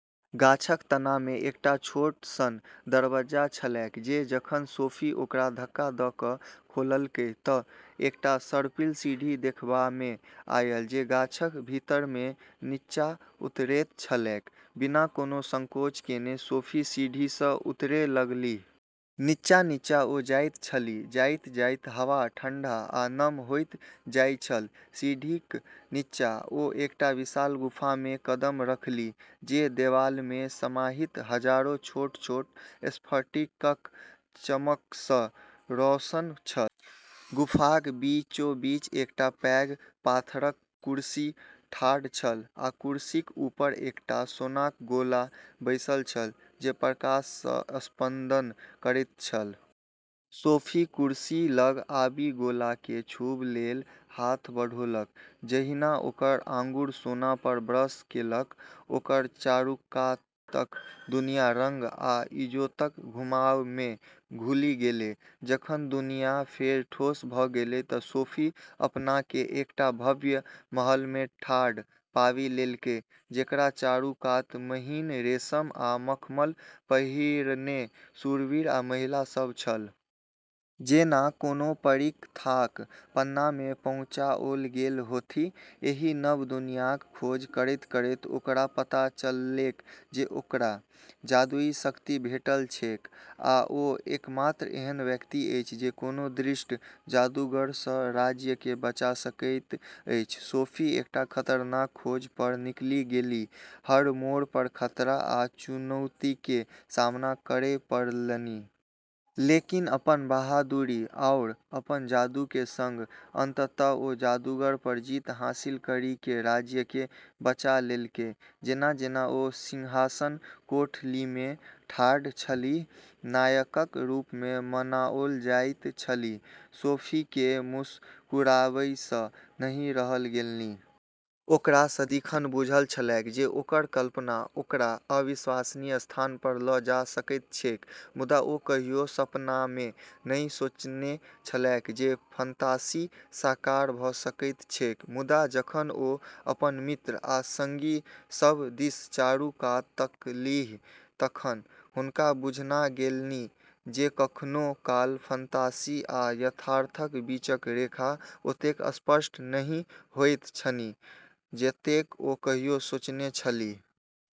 गाछक तनामे एकटा छोट सन दरबज्जा छलैक जे जखन सोफी ओकरा धक्का द' क' खोललकै त' एकटा सर्पिल सीढ़ी देखबामे आयल जे गाछक भीतरमे निच्चा उतरैत छलैक। बिना कोनो संकोच केने सोफी सीढ़ीसँ उतरै लगलीह। निच्चाँ - निच्चाँ ओ जाइत छलीह, जाइत-जाइत हवा ठंढा आ नम होइत जाइत छल। सीढ़ीक निच्चाँ ओ एकटा विशाल गुफामे कदम रखलीह, जे देबालमे समाहित हजारों छोट-छोट स्फटिकक चमकसँ रोशन छल। गुफाक बीचोबीच एकटा पैघ पाथरक कुरसी ठाढ़ छल, आ कुरसीक ऊपर एकटा सोनाक गोला बैसल छल, जे प्रकाशसँ स्पंदन करैत छल। सोफी कुरसी लग आबि गोलाकेँ छूबऽ लेल हाथ बढ़ौलक। जहिना ओकर आँगुर सोना पर ब्रश केलक, ओकर चारूकातक दुनिया रङ्ग आ इजोतक घुमावमे घुलि गेलै। जखन दुनिया फेर ठोस भ' गेलै त' सोफी अपनाके एकटा भव्य महलमे ठाढ़ पाबि लेलकै, जेकरा चारू कात महीन रेशम आ मखमल पहिरने शूरवीर आ महिला सब छल। जेना कोनो परीकथाक पन्नामे पहुँचाओल गेल होथि! एहि नव दुनियाँक खोज करैत-करैत ओकरा पता चललैक जे ओकरा जादुई शक्ति भेटल छैक आ ओ एकमात्र एहन व्यक्ति अछि जे कोनो दुष्ट जादूगरसँ राज्यकेँ बचा सकैत अछि सोफी एकटा खतरनाक खोज पर निकलि गेलीह, हर मोड़ पर खतरा आ चुनौतीके सामना करै पड़लनि। लेकिन, अपन बहादुरी आओर अपन जादूके सङ्ग, अंततः ओ जादूगर पर जीत हासिल करिके राज्यके बचा लेलकै। जेना-जेना ओ सिंहासन कोठलीमे ठाढ़ छलीह, नायकक रूपमे मनाओल जाइत छलीह, सोफीकेँ मुस्कुराएबसँ नहि रहल गेलनि। ओकरा सदिखन बूझल छलैक जे ओकर कल्पना ओकरा अविश्वसनीय स्थान पर ल' जा सकैत छैक, मुदा ओ कहियो सपनामे नहि सोचने छलैक जे फंतासी साकार भ' सकैत छैक। मुदा, जखन ओ अपन मित्र आ संगी सभ दिस चारू कात तकलीह, तखन हुनका बुझना गेलनि जे कखनो काल फंतासी आ यथार्थक बीचक रेखा ओतेक स्पष्ट नहि होइत छनि जतेक ओ कहियो सोचने छलीह।